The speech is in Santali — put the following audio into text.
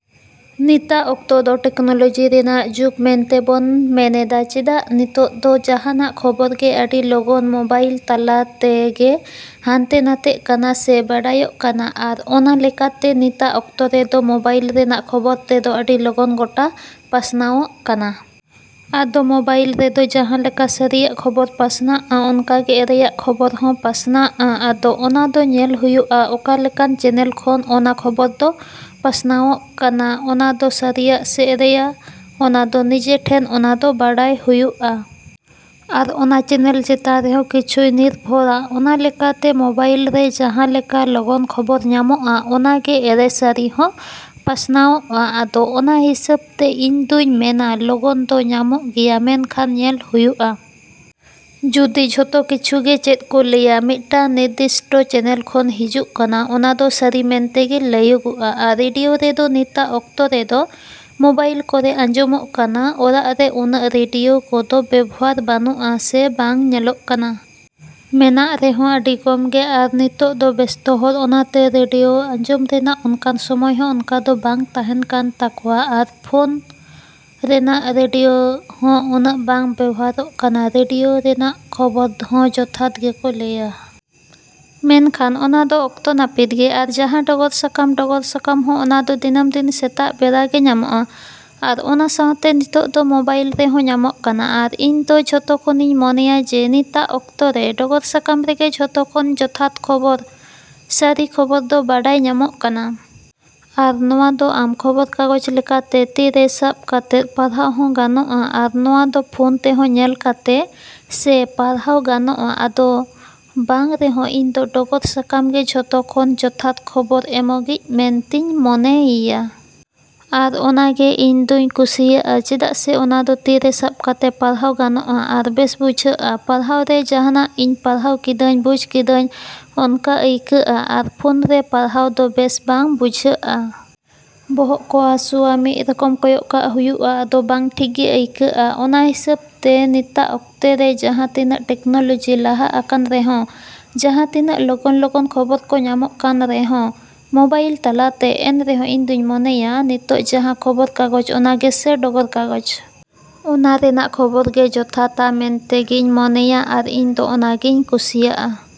ᱱᱤᱛᱟᱜ ᱚᱠᱛᱚ ᱫᱚ ᱴᱮᱠᱱᱳᱞᱳᱡᱤ ᱨᱮᱱᱟᱜ ᱡᱩᱜᱽ ᱢᱮᱱᱛᱮᱵᱚᱱ ᱢᱮᱱᱮᱫᱼᱟ᱾ ᱪᱮᱫᱟᱜ ᱱᱤᱛᱚᱜ ᱫᱚ ᱡᱟᱦᱟᱸᱱᱟᱜ ᱠᱷᱚᱵᱚᱨ ᱜᱮ ᱟᱹᱰᱤ ᱞᱚᱜᱚᱱ ᱢᱳᱵᱟᱭᱤᱞ ᱛᱟᱞᱟᱛᱮ ᱜᱮ ᱦᱟᱱᱛᱮ ᱱᱟᱛᱮᱜ ᱠᱟᱱᱟ ᱥᱮ ᱵᱟᱰᱟᱭᱚᱜ ᱠᱟᱱᱟ᱾ ᱟᱨ ᱚᱱᱟ ᱞᱮᱠᱟᱛᱮ ᱱᱤᱛᱟᱜ ᱚᱠᱛᱚ ᱨᱮᱫᱚ ᱢᱳᱵᱟᱭᱤᱞ ᱨᱮᱱᱟᱜ ᱠᱷᱚᱵᱚᱨ ᱛᱮᱫᱚ ᱟᱹᱰᱤ ᱞᱚᱜᱚᱱ ᱜᱚᱴᱟ ᱯᱟᱥᱱᱟᱣᱚᱜ ᱠᱟᱱᱟ᱾ ᱟᱫᱚ ᱢᱳᱵᱟᱭᱤᱞ ᱨᱮᱫᱚ, ᱡᱟᱦᱟᱸᱞᱮᱠᱟ ᱥᱟᱹᱨᱤᱭᱟᱜ ᱠᱷᱚᱵᱚᱨ ᱯᱟᱥᱱᱟᱜᱼᱟ, ᱚᱱᱠᱟᱜᱮ ᱮᱲᱮᱭᱟᱜ ᱠᱷᱚᱵᱚᱨ ᱦᱚᱸ ᱯᱟᱥᱱᱟᱜᱼᱟ᱾ ᱟᱫᱚ ᱚᱱᱟ ᱫᱚ ᱧᱮᱞ ᱦᱳᱭᱳᱜᱼᱟ, ᱚᱠᱟ ᱞᱮᱠᱟᱱ ᱪᱮᱱᱮᱞ ᱠᱷᱚᱱ ᱚᱱᱟ ᱠᱷᱚᱵᱚᱨ ᱫᱚ ᱯᱟᱥᱱᱟᱣᱚᱜ ᱠᱟᱱᱟ᱾ ᱚᱱᱟᱫᱚ ᱥᱟᱹᱨᱤᱭᱟ ᱥᱮ ᱮᱲᱮᱭᱟ, ᱚᱱᱟᱫᱚ ᱱᱤᱡᱮ ᱴᱷᱮᱱ ᱚᱱᱟᱫᱚ ᱵᱟᱰᱟᱭ ᱦᱳᱭᱳᱜᱼᱟ᱾ ᱟᱨ ᱚᱱᱟ ᱪᱮᱱᱮᱞ ᱪᱮᱛᱟᱱ ᱨᱮᱦᱚᱸ ᱠᱤᱪᱷᱩᱭ ᱱᱤᱨᱵᱷᱚᱨᱟ᱾ ᱚᱱᱟ ᱞᱮᱠᱟᱛᱮ ᱢᱳᱵᱟᱭᱤᱞ ᱨᱮ ᱡᱟᱦᱟᱸᱞᱮᱠᱟ ᱞᱚᱜᱚᱱ ᱠᱷᱚᱵᱚᱨ ᱧᱟᱢᱚᱜᱼᱟ, ᱚᱱᱠᱟ ᱜᱮ ᱮᱲᱮ ᱥᱟᱹᱨᱤ ᱦᱚᱸ ᱯᱟᱥᱱᱟᱣᱚᱜᱼᱟ᱾ ᱟᱫᱚ ᱚᱱᱟ ᱦᱤᱥᱟᱹᱵ ᱛᱮ ᱤᱧᱫᱩᱧ ᱢᱮᱱᱟ ᱞᱚᱜᱚᱱ ᱫᱚ ᱧᱟᱢᱚᱜ ᱜᱮᱭᱟ ᱢᱮᱱᱠᱷᱟᱱ ᱧᱮᱞ ᱦᱳᱭᱳᱜᱼᱟ᱾ ᱡᱩᱫᱤ ᱡᱷᱚᱛᱚ ᱠᱤᱪᱷᱩᱜᱮ ᱪᱮᱫ ᱠᱚ ᱞᱟᱹᱭᱟ ᱢᱤᱫᱴᱟᱝ ᱱᱤᱨᱫᱤᱥᱴᱚ ᱪᱮᱱᱮᱞ ᱠᱷᱚᱱ ᱦᱤᱡᱩᱜ ᱠᱟᱱᱟ, ᱚᱱᱟ ᱫᱚ ᱥᱟᱹᱨᱤ ᱢᱮᱱ ᱛᱮᱜᱮ ᱞᱟᱹᱭᱚᱜᱼᱟ᱾ ᱟᱨ ᱨᱮᱰᱤᱭᱳ ᱨᱮᱫᱚ ᱱᱤᱛᱟᱜ ᱚᱠᱛᱚ ᱨᱮᱫᱚ ᱢᱳᱵᱟᱭᱤᱞ ᱠᱚᱨᱮ ᱟᱸᱡᱚᱢᱚᱜ ᱠᱟᱱᱟ᱾ ᱚᱲᱟᱜ ᱨᱮ ᱩᱱᱟᱹᱜ ᱨᱮᱰᱤᱭᱳ ᱠᱚᱫᱚ ᱵᱮᱵᱚᱦᱟᱨ ᱵᱟᱹᱱᱩᱜᱼᱟ, ᱥᱮ ᱵᱟᱝ ᱧᱮᱞᱚᱜ ᱠᱟᱱᱟ᱾ ᱢᱮᱱᱟᱜ ᱨᱮᱦᱚᱸ ᱟᱹᱰᱤ ᱠᱚᱢ ᱜᱮ᱾ ᱟᱨ ᱱᱤᱛᱳᱜ ᱫᱚ ᱵᱮᱥᱛᱚ ᱦᱚᱲ ᱚᱱᱟᱛᱮ ᱨᱮᱰᱤᱭᱳ ᱟᱸᱡᱚᱢ ᱨᱮᱱᱟᱜ ᱚᱱᱠᱟᱱ ᱥᱚᱢᱚᱭ ᱦᱚᱸ ᱚᱱᱠᱟ ᱫᱚ ᱵᱟᱝ ᱛᱟᱦᱮᱸᱱ ᱠᱟᱱ ᱛᱟᱠᱚᱣᱟ᱾ ᱟᱨ ᱯᱷᱳᱱ ᱨᱮᱱᱟᱜ ᱨᱮᱰᱤᱭᱳ ᱦᱚᱸ ᱩᱱᱟᱹᱜ ᱵᱟᱝ ᱵᱮᱵᱚᱦᱟᱨᱚᱜ ᱠᱟᱱᱟ᱾ ᱨᱮᱰᱤᱭᱳ ᱨᱮᱱᱟᱜ ᱠᱷᱚᱵᱚᱨ ᱦᱚᱸ ᱡᱚᱛᱷᱟᱛ ᱜᱮᱠᱚ ᱞᱟᱹᱭᱟ᱾ ᱢᱮᱱᱠᱷᱟᱱ ᱚᱱᱟ ᱫᱚ ᱚᱠᱛᱚ ᱱᱟᱹᱯᱤᱛ ᱜᱮ᱾ ᱟᱨ ᱡᱟᱦᱟᱸ ᱰᱚᱜᱚᱨ ᱥᱟᱠᱟᱢ, ᱰᱚᱜᱚᱨ ᱥᱟᱠᱟᱢ ᱦᱚᱸ ᱚᱱᱟᱫᱚ ᱫᱤᱱᱟᱹᱢ ᱫᱤᱱ ᱥᱮᱛᱟᱜ ᱵᱮᱲᱟ ᱜᱮ ᱧᱟᱢᱚᱜᱼᱟ᱾ ᱟᱨ ᱚᱱᱟ ᱥᱟᱶᱛᱮ ᱱᱤᱛᱳᱜ ᱫᱚ ᱢᱳᱵᱟᱭᱤᱞ ᱨᱮᱦᱚᱸ ᱧᱟᱢᱚᱜ ᱠᱟᱱᱟ᱾ ᱟᱨ ᱤᱧ ᱫᱚ ᱡᱷᱚᱛᱚ ᱠᱷᱚᱱᱤᱧ ᱢᱚᱱᱮᱭᱟ ᱡᱮ ᱱᱤᱛᱟᱜ ᱚᱠᱛᱚ ᱨᱮ ᱰᱚᱜᱚᱨ ᱥᱟᱠᱟᱢ ᱨᱮᱜᱮ ᱡᱷᱚᱛᱚ ᱠᱷᱚᱱ ᱡᱚᱛᱷᱟᱛ ᱠᱷᱚᱵᱚᱨ ᱥᱟᱹᱨᱤ ᱠᱷᱚᱵᱚᱨ ᱫᱚ ᱵᱟᱰᱟᱭ ᱧᱟᱢᱚᱜ ᱠᱟᱱᱟ᱾ ᱟᱨ ᱱᱚᱣᱟ ᱫᱚ ᱟᱢ ᱠᱷᱚᱵᱚᱨ ᱠᱟᱜᱚᱡ ᱞᱮᱠᱟᱛᱮ ᱛᱤ ᱨᱮ ᱥᱟᱵ ᱠᱟᱛᱮᱫ ᱯᱟᱲᱦᱟᱣ ᱦᱚᱸ ᱜᱟᱱᱚᱜᱼᱟ᱾ ᱟᱨ ᱱᱚᱣᱟ ᱫᱚ ᱯᱷᱳᱱ ᱛᱮᱦᱚᱸ ᱧᱮᱞ ᱠᱟᱛᱮ ᱥᱮ ᱯᱟᱲᱦᱟᱣ ᱜᱟᱱᱚᱜᱼᱟ᱾ ᱟᱫᱚ ᱵᱟᱝ ᱨᱮᱦᱚᱸ ᱤᱧ ᱫᱚ ᱰᱚᱜᱚᱨ ᱥᱟᱠᱟᱢ ᱜᱮ ᱡᱷᱚᱛᱚ ᱠᱷᱚᱱ ᱡᱚᱛᱷᱟᱛ ᱠᱷᱚᱵᱚᱨ ᱮᱢᱚᱜᱤᱡ ᱢᱮᱱᱛᱤᱧ ᱢᱚᱱᱮᱭᱮᱭᱟ᱾ ᱟᱨ ᱚᱱᱟ ᱜᱮ ᱤᱧ ᱫᱩᱧ ᱠᱩᱥᱤᱭᱟᱜᱼᱟ᱾ ᱪᱮᱫᱟᱜ ᱥᱮ ᱚᱱᱟ ᱫᱚ ᱛᱤ ᱨᱮ ᱥᱟᱵ ᱠᱟᱛᱮ ᱯᱟᱲᱦᱟᱣ ᱜᱟᱱᱚᱜᱼᱟ᱾ ᱟᱨ ᱵᱮᱥ ᱵᱩᱡᱷᱟᱹᱜᱼᱟ ᱯᱟᱲᱦᱟᱣ ᱨᱮ᱾ ᱡᱟᱦᱟᱸᱱᱟᱜ ᱤᱧ ᱯᱟᱲᱦᱟᱣ ᱠᱤᱫᱟᱹᱧ, ᱵᱩᱡ ᱠᱤᱫᱟᱹᱧ ᱚᱱᱠᱟ ᱟᱹᱭᱠᱟᱹᱜᱼᱟ᱾ ᱟᱨ ᱯᱷᱳᱱ ᱨᱮ ᱯᱟᱲᱦᱟᱣ ᱫᱚ ᱵᱮᱥ ᱵᱟᱝ ᱵᱩᱡᱷᱟᱹᱜᱼᱟ᱾ ᱵᱚᱦᱚᱜ ᱠᱚ ᱦᱟᱹᱥᱩᱣᱟ, ᱢᱤᱫ ᱨᱚᱠᱚᱢ ᱠᱚᱭᱚᱜ ᱠᱟᱜ ᱦᱳᱭᱳᱜᱼᱟ᱾ ᱟᱫᱚ ᱵᱟᱝ ᱴᱷᱤᱠ ᱜᱮ ᱟᱹᱭ ᱠᱟᱹᱜᱼᱟ᱾ ᱚᱱᱟ ᱦᱤᱸᱥᱟᱹᱵ ᱛᱮ ᱱᱤᱛᱟᱜ ᱚᱠᱛᱚ ᱨᱮ ᱡᱟᱦᱟᱸ ᱛᱤᱱᱟᱹᱜ ᱴᱮᱠᱱᱳᱞᱳᱡᱤ ᱞᱟᱦᱟ ᱟᱠᱟᱱ ᱨᱮᱦᱚᱸ ᱡᱟᱦᱟᱸᱛᱤᱱᱟᱹᱜ ᱞᱚᱜᱚᱱ-ᱞᱚᱜᱚᱱ ᱠᱷᱚᱵᱚᱨ ᱠᱚ ᱧᱟᱢᱚᱜ ᱠᱟᱱ ᱨᱮᱦᱚᱸ ᱢᱳᱵᱟᱭᱤᱞ ᱛᱟᱞᱟᱛᱮ ᱮᱱᱨᱮᱦᱚᱸ ᱤᱧᱫᱩᱧ ᱢᱚᱱᱮᱭᱟ, ᱱᱤᱛᱳᱜ ᱡᱟᱦᱟᱸ ᱠᱷᱚᱵᱚᱨ ᱠᱟᱜᱚᱡ, ᱚᱱᱟᱜᱮᱥᱮ ᱰᱚᱜᱚᱨ ᱠᱟᱜᱚᱡ᱾ ᱚᱱᱟ ᱨᱮᱱᱟᱜ ᱠᱷᱚᱵᱚᱨ ᱜᱮ ᱡᱚᱛᱷᱟᱛᱟ ᱢᱮᱱᱛᱮᱜᱤᱧ ᱢᱚᱱᱮᱭᱟ ᱟᱨ ᱤᱧ ᱫᱚ ᱚᱱᱟᱜᱤᱧ ᱠᱩᱥᱤᱭᱟᱜᱼᱟ।